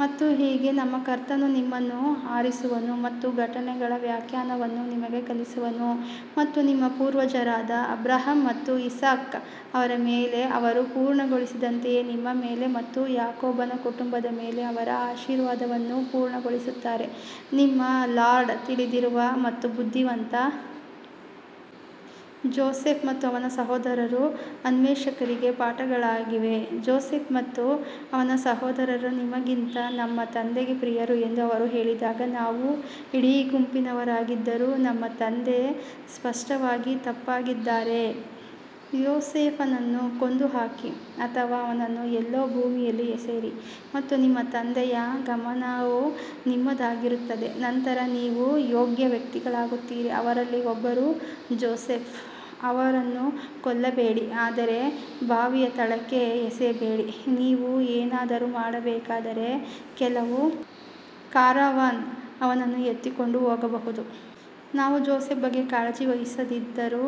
ಮತ್ತು ಹೀಗೆ ನಿಮ್ಮ ಕರ್ತನು ನಿಮ್ಮನ್ನು ಆರಿಸುವನು ಮತ್ತು ಘಟನೆಗಳ ವ್ಯಾಖ್ಯಾನವನ್ನು ನಿಮಗೆ ಕಲಿಸುವನು ಮತ್ತು ನಿಮ್ಮ ಪೂರ್ವಜರಾದ ಅಬ್ರಹಾಂ ಮತ್ತು ಇಸಾಕ್ ಅವರ ಮೇಲೆ ಅವರು ಪೂರ್ಣಗೊಳಿಸಿದಂತೆಯೇ ನಿಮ್ಮ ಮೇಲೆ ಮತ್ತು ಯಾಕೋಬನ ಕುಟುಂಬದ ಮೇಲೆ ಅವರ ಆಶೀರ್ವಾದವನ್ನು ಪೂರ್ಣಗೊಳಿಸುತ್ತಾರೆ ನಿಮ್ಮ ಲಾರ್ಡ್ ತಿಳಿದಿರುವ ಮತ್ತು ಬುದ್ಧಿವಂತ. ಜೋಸೆಫ್ ಮತ್ತು ಅವನ ಸಹೋದರರು ಅನ್ವೇಷಕರಿಗೆ ಪಾಠಗಳಾಗಿವೆ ಜೋಸೆಫ್ ಮತ್ತು ಅವನ ಸಹೋದರ ನಮಗಿಂತ ನಮ್ಮ ತಂದೆಗೆ ಪ್ರಿಯರು ಎಂದು ಅವರು ಹೇಳಿದಾಗ, ನಾವು ಇಡೀ ಗುಂಪಿನವರಾಗಿದ್ದರೂ ನಮ್ಮ ತಂದೆ ಸ್ಪಷ್ಟವಾಗಿ ತಪ್ಪಾಗಿದ್ದಾರೆ ಯೋಸೇಫನನ್ನು ಕೊಂದುಹಾಕಿ ಅಥವಾ ಅವನನ್ನು ಎಲ್ಲೋ ಭೂಮಿಯಲ್ಲಿ ಎಸೆಯಿರಿ ಮತ್ತು ನಿಮ್ಮ ತಂದೆಯ ಗಮನವು ನಿಮ್ಮದಾಗಿರುತ್ತದೆ ನಂತರ ನೀವು ಯೋಗ್ಯ ವ್ಯಕ್ತಿಗಳಾಗುತ್ತೀರಿ ಅವರಲ್ಲಿ ಒಬ್ಬರು ಜೋಸೆಫ್ ಅವರನ್ನು ಕೊಲ್ಲಬೇಡಿ ಆದರೆ ಬಾವಿಯ ತಳಕ್ಕೆ ಎಸೆಯಬೇಡಿ, ನೀವು ಏನಾದರೂ ಮಾಡಬೇಕಾದರೆ ಕೆಲವು ಕಾರವಾನ್ ಅವನನ್ನು ಎತ್ತಿಕೊಂಡು ಹೋಗಬಹುದು. ನಾವು ಜೋಸೆಫ್ ಬಗ್ಗೆ ಕಾಳಜಿ ವಹಿಸುತ್ತಿದ್ದರೂ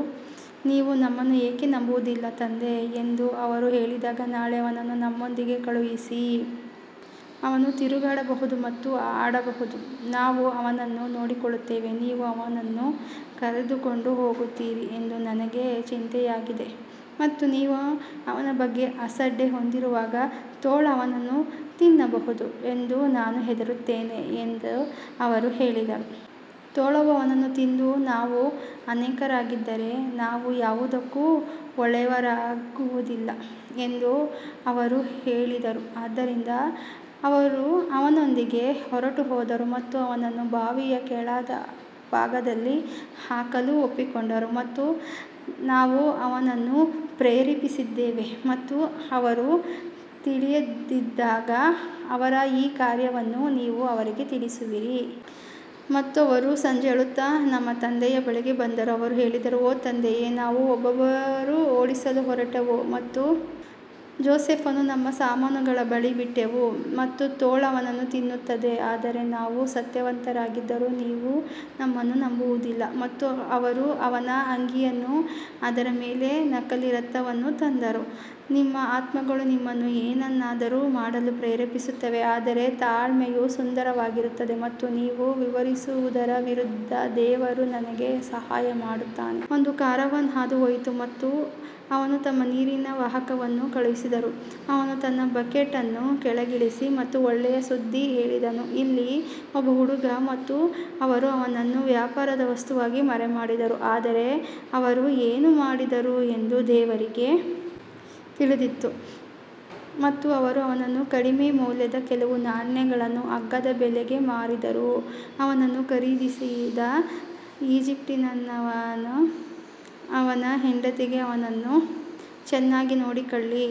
ನೀವು ನಮ್ಮನ್ನು ಏಕೆ ನಂಬುವುದಿಲ್ಲ ತಂದೆ ಎಂದು ಅವರು ಹೇಳಿದರು ನಾಳೆ ಅವನನ್ನು ನಮ್ಮೊಂದಿಗೆ ಕಳುಹಿಸಿ, ಅವನು ತಿರುಗಾಡಬಹುದು ಮತ್ತು ಆಡಬಹುದು, ನಾವು ಅವನನ್ನು ನೋಡಿಕೊಳ್ಳುತ್ತೇವೆ ನೀವು ಅವನನ್ನು ಕರೆದುಕೊಂಡು ಹೋಗುತ್ತೀರಿ ಎಂದು ನನಗೆ ಚಿಂತೆಯಾಗಿದೆ ಮತ್ತು ನೀವು ಅವನ ಬಗ್ಗೆ ಅಸಡ್ಡೆ ಹೊಂದಿರುವಾಗ ತೋಳ ಅವನನ್ನು ತಿನ್ನಬಹುದು ಎಂದು ನಾನು ಹೆದರುತ್ತೇನೆ ಎಂದು ಅವರು ಹೇಳಿದರು. ತೋಳವು ಅವನನ್ನು ತಿಂದು ನಾವು ಅನೇಕರಾಗಿದ್ದರೆ ನಾವು ಯಾವುದಕ್ಕೂ ಒಳ್ಳೆಯವರಾಗುವುದಿಲ್ಲ ಎಂದು ಅವರು ಹೇಳಿದರು ಆದ್ದರಿಂದ ಅವರು ಅವನೊಂದಿಗೆ ಹೊರಟುಹೋದರು ಮತ್ತು ಅವನನ್ನು ಬಾವಿಯ ಕೆಳಭಾಗದಲ್ಲಿ ಹಾಕಲು ಒಪ್ಪಿಕೊಂಡರು ಮತ್ತು ನಾವು ಅವನನ್ನು ಪ್ರೇರೇಪಿಸಿದ್ದೇವೆ ಮತ್ತು ಅವರು ತಿಳಿದಿಲ್ಲದಿದ್ದಾಗ ಅವರ ಈ ಕಾರ್ಯವನ್ನು ನೀವು ಅವರಿಗೆ ತಿಳಿಸುವಿರಿ. ಮತ್ತು ಅವರು ಸಂಜೆ ಅಳುತ್ತಾ ತಮ್ಮ ತಂದೆಯ ಬಳಿಗೆ ಬಂದರು ಅವರು ಹೇಳಿದರು ಓ ತಂದೆಯೇ ನಾವು ಒಬ್ಬರನ್ನೊಬ್ಬರು ಓಡಿಸಲು ಹೊರಟೆವು ಮತ್ತು ಜೋಸೆಫ್ನನ್ನು ನಮ್ಮ ಸಾಮಾನುಗಳ ಬಳಿ ಬಿಟ್ಟೆವು ಮತ್ತು ತೋಳ ಅವನನ್ನು ತಿನ್ನುತ್ತದೆ ಆದರೆ ನಾವು ಸತ್ಯವಂತರಾಗಿದ್ದರೂ ನೀವು ನಮ್ಮನ್ನು ನಂಬುವುದಿಲ್ಲ ಮತ್ತು ಅವರು ಅವನ ಅಂಗಿಯನ್ನು ಅದರ ಮೇಲೆ ನಕಲಿ ರಕ್ತವನ್ನು ತಂದರು, ನಿಮ್ಮ ಆತ್ಮಗಳು ನಿಮ್ಮನ್ನು ಏನನ್ನಾದರೂ ಮಾಡಲು ಪ್ರೇರೇಪಿಸುತ್ತವೆ ಆದರೆ ತಾಳ್ಮೆಯು ಸುಂದರವಾಗಿರುತ್ತದೆ ಮತ್ತು ನೀವು ವಿವರಿಸುವುದರ ವಿರುದ್ಧ ದೇವರು ನನಗೆ ಸಹಾಯ ಮಾಡುತ್ತಾನೆ. ಒಂದು ಕಾರವಾನ್ ಹಾದುಹೋಯಿತು ಮತ್ತು ಅವರು ತಮ್ಮ ನೀರಿನ ವಾಹಕವನ್ನು ಕಳುಹಿಸಿದರು, ಅವನು ತನ್ನ ಬಕೆಟ್ ಅನ್ನು ಕೆಳಗಿಳಿಸಿ ಮತ್ತು ಒಳ್ಳೆಯ ಸುದ್ದಿ ಹೇಳಿದನು ಇಲ್ಲಿ ಒಬ್ಬ ಹುಡುಗ ಮತ್ತು ಅವರು ಅವನನ್ನು ವ್ಯಾಪಾರದ ವಸ್ತುವಾಗಿ ಮರೆಮಾಡಿದರು ಆದರೆ ಅವರು ಏನು ಮಾಡಿದರು ಎಂದು ದೇವರಿಗೆ ತಿಳಿದಿತ್ತು ಮತ್ತು ಅವರು ಅವನನ್ನು ಕಡಿಮೆ ಮೌಲ್ಯದ ಕೆಲವು ನಾಣ್ಯಗಳನ್ನು ಅಗ್ಗದ ಬೆಲೆಗೆ ಮಾರಿದರು ಅವನನ್ನು ಖರೀದಿಸಿದ ಈಜಿಪ್ಟಿನವನು ಅವನ ಹೆಂಡತಿಗೆ ಅವನನ್ನು ಚೆನ್ನಾಗಿ ನೋಡಿಕೊಳ್ಳಿ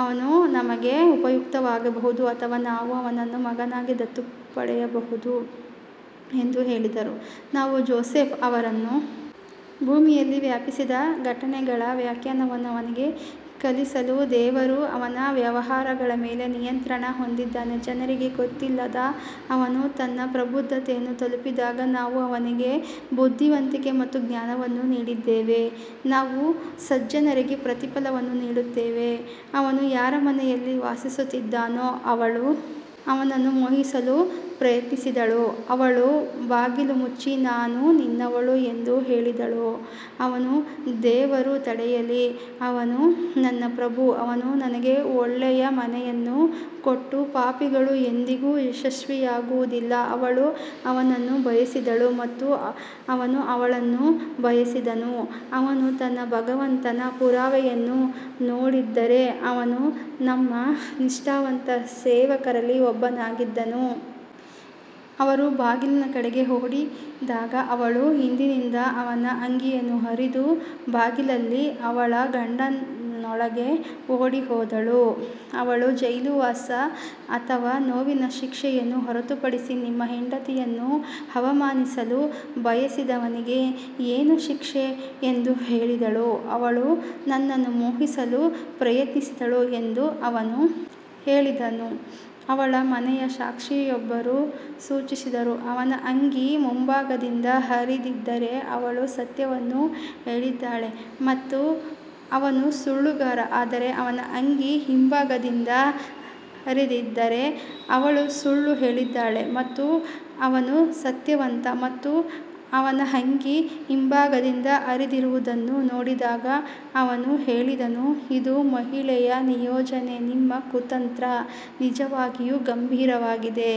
ಅವನು ನಮಗೆ ಉಪಯುಕ್ತವಾಗಬಹುದು ಅಥವಾ ನಾವು ಅವನನ್ನು ಮಗನಾಗಿ ದತ್ತು ಪಡೆಯಬಹುದು ಎಂದು ಹೇಳಿದರು ನಾವು ಜೋಸೆಫ್ ಅವರನ್ನು ಭೂಮಿಯಲ್ಲಿ ಸ್ಥಾಪಿಸಿದ ಘಟನೆಗಳ ವ್ಯಾಖ್ಯಾನವನ್ನು ಅವನಿಗೆ ಕಲಿಸಲು ದೇವರು ಅವನ ವ್ಯವಹಾರಗಳ ಮೇಲೆ ನಿಯಂತ್ರಣ ಹೊಂದಿದ್ದಾನೆ ಜನರಿಗೆ ಗೊತ್ತಿಲ್ಲ ಅವನು ತನ್ನ ಪ್ರಬುದ್ಧತೆಯನ್ನು ತಲುಪಿದಾಗ ನಾವು ಅವನಿಗೆ ಬುದ್ಧಿವಂತಿಕೆ ಮತ್ತು ಜ್ಞಾನವನ್ನು ನೀಡಿದ್ದೇವೆ ನಾವು ಸಜ್ಜನರಿಗೆ ಪ್ರತಿಫಲವನ್ನು ನೀಡುತ್ತೇವೆ ಅವನು ಯಾರ ಮನೆಯಲ್ಲಿ ವಾಸಿಸುತ್ತಿದ್ದಾನೋ ಅವಳು ಅವನನ್ನು ಮೋಹಿಸಲು ಪ್ರಯತ್ನಿಸಿದಳು ಅವಳು ಬಾಗಿಲು ಮುಚ್ಚಿ ನಾನು ನಿನ್ನವಳು ಎಂದು ಹೇಳಿದಳು ಅವನು ದೇವರು ತಡೆಯಲಿ ಅವನು ನನ್ನ ಪ್ರಭು ಅವನು ನನಗೆ ಒಳ್ಳೆಯ ಮನೆಯನ್ನು ಕೊಟ್ಟನು ಪಾಪಿಗಳು ಎಂದಿಗೂ ಯಶಸ್ವಿಯಾಗುವುದಿಲ್ಲ ಅವಳು ಅವನನ್ನು ಬಯಸಿದಳು ಮತ್ತು ಅವನು ಅವಳನ್ನು ಬಯಸಿದನು ಅವನು ತನ್ನ ಭಗವಂತನ ಪುರಾವೆಯನ್ನು ನೋಡದಿದ್ದರೆ ಅವನು ನಮ್ಮ ನಿಷ್ಠಾವಂತ ಸೇವಕರಲ್ಲಿ ಒಬ್ಬನಾಗಿದ್ದನು. ಅವರು ಬಾಗಿಲಿನ ಕಡೆಗೆ ಓಡಿಹೋದಾಗ ಅವಳು ಹಿಂದಿನಿಂದ ಅವನ ಅಂಗಿಯನ್ನು ಹರಿದು ಬಾಗಿಲಲ್ಲಿ ಅವಳ ಗಂಡನೊಳಗೆ ಓಡಿಹೋದಳು ಅವಳು ಜೈಲುವಾಸ ಅಥವಾ ನೋವಿನ ಶಿಕ್ಷೆಯನ್ನು ಹೊರತುಪಡಿಸಿ ನಿಮ್ಮ ಹೆಂಡತಿಯನ್ನು ಅವಮಾನಿಸಲು ಬಯಸಿದವನಿಗೆ ಏನು ಶಿಕ್ಷೆ ಎಂದು ಹೇಳಿದಳು. ಅವಳು ನನ್ನನ್ನು ಮೋಹಿಸಲು ಪ್ರಯತ್ನಿಸಿದಳು ಎಂದು ಅವನು ಹೇಳಿದನು ಅವಳ ಮನೆಯ ಸಾಕ್ಷಿಯೊಬ್ಬರು ಸೂಚಿಸಿದರು ಅವನ ಅಂಗಿ ಮುಂಭಾಗದಿಂದ ಹರಿದಿದ್ದರೆ ಅವಳು ಸತ್ಯವನ್ನು ಹೇಳಿದ್ದಾಳೆ ಮತ್ತು ಅವನು ಸುಳ್ಳುಗಾರ ಆದರೆ ಅವನ ಅಂಗಿ ಹಿಂಭಾಗದಿಂದ ಹರಿದಿದ್ದರೆ ಅವಳು ಸುಳ್ಳು ಹೇಳಿದ್ದಾಳೆ ಮತ್ತು ಅವನು ಸತ್ಯವಂತ ಮತ್ತು ಅವನ ಅಂಗಿ ಹಿಂಭಾಗದಿಂದ ಹರಿದಿರುವುದನ್ನು ನೋಡಿದಾಗ ಅವನು ಹೇಳಿದನು ಇದು ಮಹಿಳೆಯ ಯೋಜನೆ ನಿಮ್ಮ ಕುತಂತ್ರ ನಿಜವಾಗಿಯೂ ಗಂಭೀರವಾಗಿದೆ.